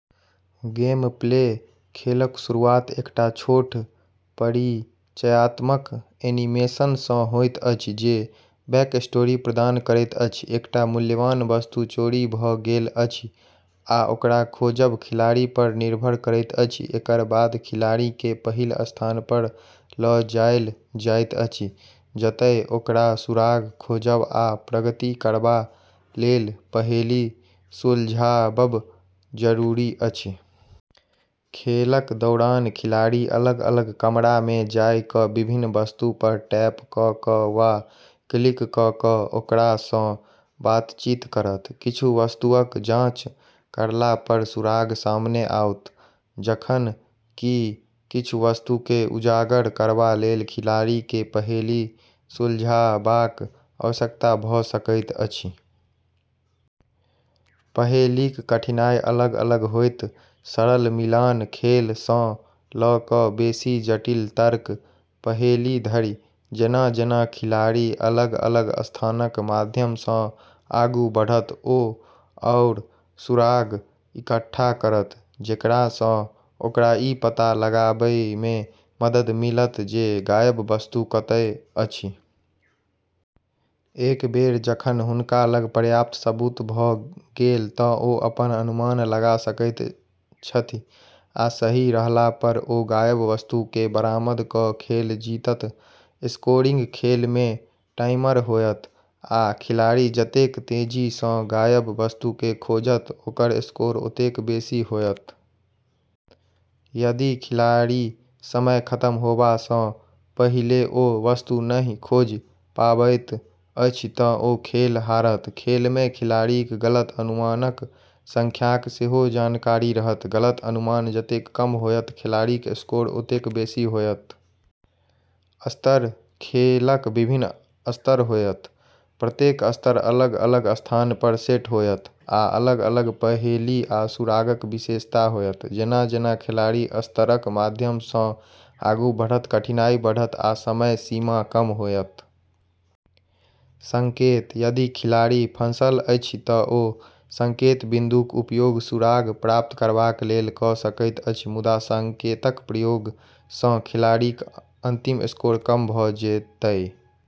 Gameplay: खेलक शुरुआत एकटा छोट परिचयात्मक एनीमेशन सँ होइत अछि जे बैकस्टोरी प्रदान करैत अछि: एकटा मूल्यवान वस्तु चोरी भ’ गेल अछि, आ ओकरा खोजब खिलाड़ी पर निर्भर करैत अछि। एकर बाद खिलाड़ीकेँ पहिल स्थान पर ल’ जायल जाइत अछि, जतए ओकरा सुराग खोजब आ प्रगति करबा लेल पहेली सुलझाबब जरूरी अछि। खेलक दौरान खिलाड़ी अलग-अलग कमरामे जाय क’ विभिन्न वस्तु पर टैप क’ क’ वा क्लिक क’ क’ ओकरा सँ बातचीत करत। किछु वस्तुअक जांच करला पर सुराग सामने आओत, जखन कि किछु वस्तुकेँ उजागर करबा लेल खिलाड़ीकेँ पहेली सुलझाबाक आवश्यकता भ’ सकैत अछि। पहेलीक कठिनाई अलग-अलग होयत, सरल मिलान खेल सँ ल’ क’ बेसी जटिल तर्क पहेली धरि। जेना-जेना खिलाड़ी अलग-अलग स्थानक माध्यम सँ आगू बढ़त, ओ आओर सुराग इकट्ठा करत जेकरा सँ ओकरा ई पता लगाएबमे मदद मिलत जे गायब वस्तु कतए अछि। एक बेर जखन हुनका लग पर्याप्त सबूत भ’ गेल तँ ओ अपन अनुमान लगा सकैत छथि आ सही रहला पर ओ गायब वस्तुकेँ बरामद क’ खेल जीतत। स्कोरिंग: खेलमे टाइमर होयत, आ खिलाड़ी जतेक तेजी सँ गायब वस्तुकेँ खोजत, ओकर स्कोर ओतेक बेसी होयत। यदि खिलाड़ी समय खतम होबा सँ पहिले ओ वस्तु नहि खोजि पाबैत अछि तँ ओ खेल हारत। खेलमे खिलाड़ीक गलत अनुमानक संख्याक सेहो जानकारी रहत; गलत अनुमान जतेक कम होयत, खिलाड़ीक स्कोर ओतेक बेसी होयत। स्तर: खेलक विभिन्न स्तर होयत प्रत्येक स्तर अलग-अलग स्थान पर सेट होयत आ अलग-अलग पहेली आ सुरागक विशेषता होयत। जेना-जेना खिलाड़ी स्तरक माध्यम सँ आगू बढ़त, कठिनाई बढ़त, आ समय सीमा कम होयत। संकेत: यदि खिलाड़ी फंसल अछि तँ ओ संकेत बिन्दुक उपयोग सुराग प्राप्त करबा लेल क’ सकैत अछि। मुदा संकेतक प्रयोग सँ खिलाड़ीक अंतिम स्कोर कम भ’ जेतै।